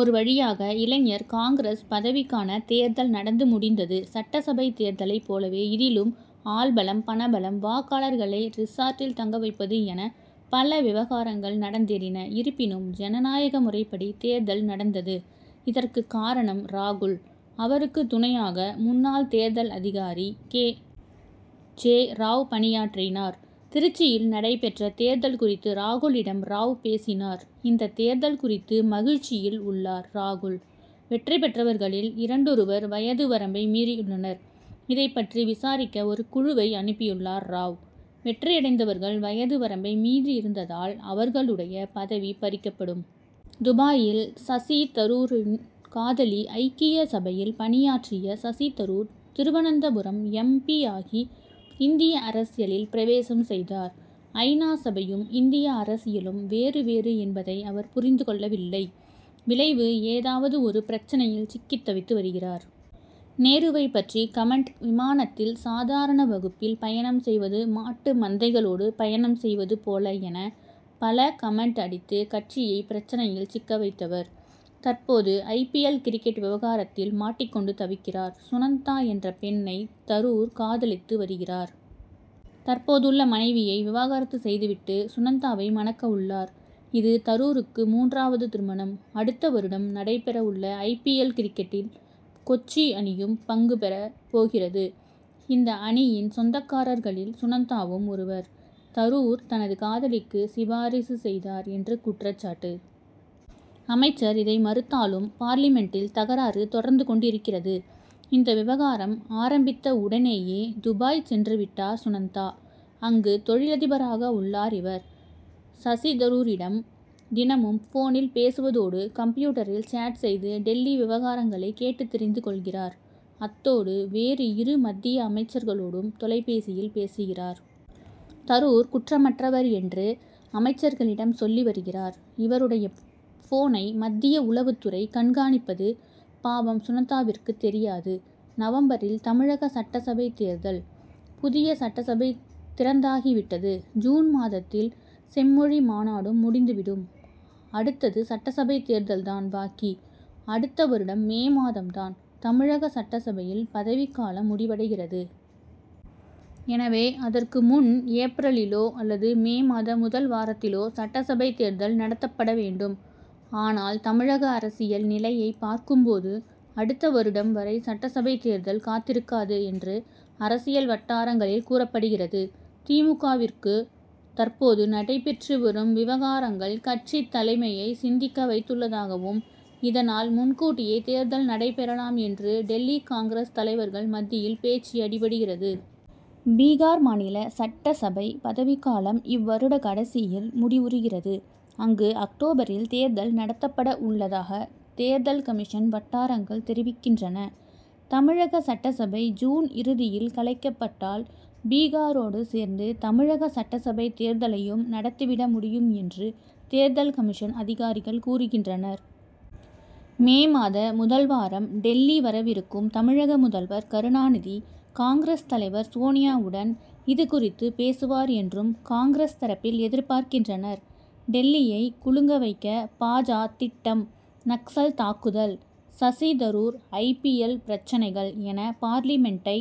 ஒரு வழியாக, இளைஞர் காங்கிரஸ் பதவிக்கான தேர்தல் நடந்து முடிந்தது. சட்டசபை தேர்தலைப் போலவே இதிலும், ஆள்பலம், பணபலம், வாக்காளர்களை ரிசார்ட்டில் தங்க வைப்பது என, பல விவகாரங்கள் நடந்தேறின. இருப்பினும், ஜனநாயக முறைப்படி தேர்தல் நடந்தது. இதற்குக் காரணம் ராகுல். அவருக்கு துணையாக, முன்னாள் தேர்தல் அதிகாரி கே. ஜே. ராவ் பணியாற்றினார். திருச்சியில் நடைபெற்ற, தேர்தல் குறித்து ராகுலிடம் ராவ் பேசினார். இந்த தேர்தல் குறித்து, மகிழ்ச்சியில் உள்ளார் ராகுல். வெற்றி பெற்றவர்களில் இரண்டொருவர், வயது வரம்பை மீறியுள்ளனர். இதைப் பற்றி விசாரிக்க ஒரு குழுவை, அனுப்பியுள்ளார் ராவ். வெற்றியடைந்தவர்கள் வயது வரம்பை மீறியிருந்தால், அவர்களுடைய பதவி பறிக்கப்படும். துபாயில் சசி தரூரின் காதலி ஐக்கிய சபையில் பணியாற்றிய சசி தரூர், திருவனந்தபுரம் எம். பி.,யாகி இந்திய அரசியலில் பிரவேசம் செய்தார். ஐ. நா., சபையும், இந்திய அரசியலும் வேறு, வேறு என்பதை அவர் புரிந்து கொள்ளவில்லை. விளைவு, ஏதாவது ஒரு பிரச்னையில் சிக்கி தவித்து வருகிறார். நேருவைப் பற்றி கமென்ட், விமானத்தில் சாதாரண வகுப்பில் பயணம் செய்வது, மாட்டு மந்தைகளோடு பயணம் செய்வது போல என, பல கமென்ட் அடித்து கட்சியை பிரச்னையில் சிக்க வைத்தவர். தற்போது, ஐ. பி. எல். கிரிக்கெட் விவகாரத்தில் மாட்டிக் கொண்டு தவிக்கிறார். சுனந்தா என்ற பெண்ணை, தரூர் காதலித்து வருகிறார். தற்போதுள்ள மனைவியை விவாகரத்து செய்துவிட்டு, சுனந்தாவை மணக்க உள்ளார். இது, தரூருக்கு மூன்றாவது திருமணம். அடுத்த வருடம் நடைபெற உள்ள ஐ. பி. எல்., கிரிக்கெட்டில் கொச்சி அணியும், பங்கு பெறப்போகிறது. இந்த அணியின் சொந்தக்காரர்களில், சுனந்தாவும் ஒருவர். தரூர் தனது காதலிக்கு, சிபாரிசு செய்தார் என்று, குற்றச்சாட்டு. அமைச்சர் இதை மறுத்தாலும், பார்லிமென்ட்டில் தகராறு தொடர்ந்து கொண்டிருக்கிறது. இந்த விவகாரம் ஆரம்பித்த உடனேயே, துபாய் சென்றுவிட்டார் சுனந்தா. அங்கு, தொழிலதிபராக உள்ளார் இவர். சசி தரூரிடமும் தினமும் போனில் பேசுவதோடு, கம்ப்யூட்டரில் சேட் செய்து டில்லி விவகாரங்களை கேட்டு தெரிந்து கொள்கிறார். அத்தோடு, வேறு இரு மத்திய அமைச்சர்களோடும் தொலைபேசியில் பேசுகிறார். தரூர் குற்றமற்றவர் என்று, அமைச்சர்களிடம் சொல்லி வருகிறார். இவருடைய போனை, மத்திய உளவுத் துறை கண்காணிப்பது, பாவம் சுனந்தாவிற்கு தெரியாது. நவம்பரில் தமிழக சட்டசபை தேர்தல்? புதிய சட்டசபை திறந்தாகிவிட்டது. ஜூன் மாதத்தில் செம்மொழி மாநாடும் முடிந்துவிடும். அடுத்தது சட்டசபைத் தேர்தல்தான் பாக்கி. அடுத்த வருடம் மே மாதம் தான், தமிழக சட்டசபையில் பதவிக்காலம் முடிவடைகிறது. எனவே, அதற்கு முன் ஏப்ரலிலோ அல்லது மே மாத முதல் வாரத்திலோ, சட்டசபை தேர்தல் நடத்தப்பட வேண்டும். ஆனால், தமிழக அரசியல் நிலையைப் பார்க்கும் போது, அடுத்த வருடம் வரை சட்டசபை தேர்தல் காத்திருக்காது என்று, அரசியல் வட்டாரங்களில் கூறப்படுகிறது. தி. மு. க.,விற்குள், தற்போது நடைபெற்று வரும் விவகாரங்கள், கட்சித் தலைமையை சிந்திக்க வைத்துள்ளதாகவும், இதனால், முன்கூட்டியே தேர்தல் நடைபெறலாம் என்று, டில்லி காங்கிரஸ் தலைவர்கள் மத்தியில் பேச்சு அடிபடுகிறது. பீகார் மாநில சட்டசபை பதவிக்காலம், இவ்வருட கடைசியில் முடிவுறுகிறது. அங்கு அக்டோபரில், தேர்தல் நடத்தப்பட உள்ளதாக, தேர்தல் கமிஷன் வட்டாரங்கள் தெரிவிக்கின்றன. தமிழக சட்டசபை ஜூன் இறுதியில் கலைக்கப்பட்டால், பீகாரோடு சேர்ந்து தமிழக சட்டசபை தேர்தலையும், நடத்தி விட முடியும் என்று, தேர்தல் கமிஷன் அதிகாரிகள் கூறுகின்றனர். மே மாத முதல் வாரம் டில்லி வரவிருக்கும் தமிழக முதல்வர் கருணாநிதி, காங்கிரஸ் தலைவர் சோனியாவுடன் இது குறித்து பேசுவார் என்றும், காங்கிரஸ் தரப்பில் எதிர்பார்க்கின்றனர். டில்லியை குலுங்க வைக்க பா. ஜ., திட்டம் நக்சல் தாக்குதல், Shashi Tharoor I. P. L., பிரச்னைகள் என பார்லிமென்ட்டை